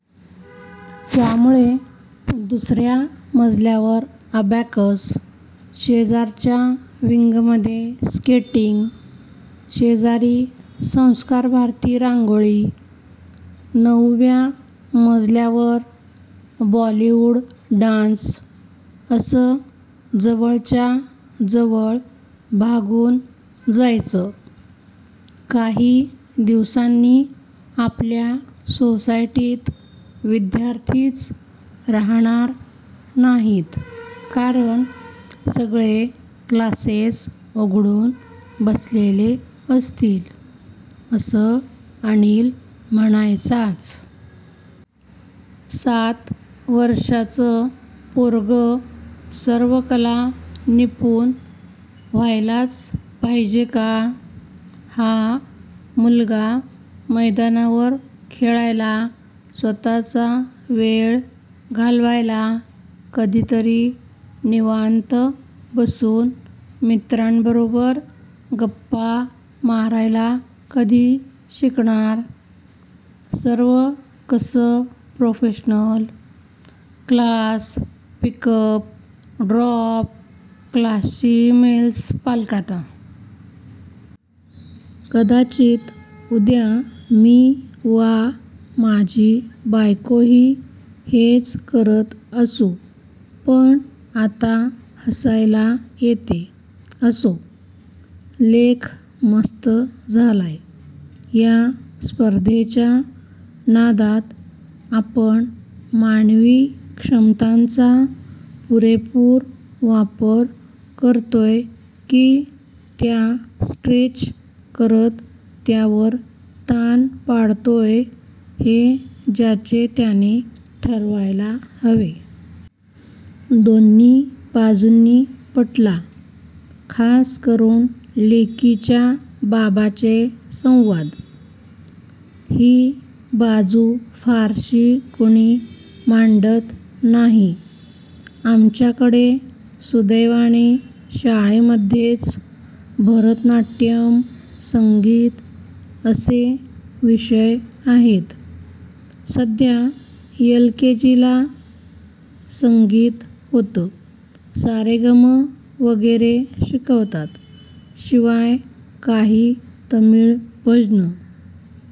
त्यामुळे दुसर्या मजल्यावर अबॅकस, शेजारच्या विंगमध्ये स्केटिंग, शेजारी संस्कारभारती रांगोळी, नऊव्या मजल्यावर "बॉलीवूड डान्स" असं जवळच्या जवळ भागून जायचं. "काही दिवसांनी आपल्या सोसायटीत विद्यार्थीच राहणार नाहीत कारण सगळे क्लासेस उघडून बसलेले असतील" असं अनिल म्हणायचाच. "सात वर्षाचं पोरगं सर्वकला निपुण व्हायलाच पाहिजे का? हा मुलगा मैदानावर खेळायला, स्वतःचा वेळ घालवायला, कधीतरी निवांत बसून मित्रांबरोबर गप्पा मारायला कधी शिकणार? सर्व कसं professional. Class, pick up, drop, क्लासची इमेल्स पालकांना. कदाचित उद्या मी वा माझी बायकोही हेच करत असू पण आता हसायला येतेअसो, लेख मस्त झालाय.. या स्पर्धेच्या नादात आपण मानवी क्षमतांचा पुरेपूर वापर करतोय की त्या स्ट्रेच करत त्यावर ताण पाडतोय हे ज्याचे त्याने ठरवायला हवे. दोन्ही बाजूंनी पटला. खास करून लेकीच्या बाबाचे संवाद!! ही बाजू फारशी कुणी मांडत नाही. आमच्याकडे सुदैवाने शाळेमध्येच भरतनाट्यम, संगीत असे विषय आहेत. सध्या एलकेजीला संगीत होतं. सारेगम वगैरे शिकवतात. शिवाय काही तमिळ भजनं.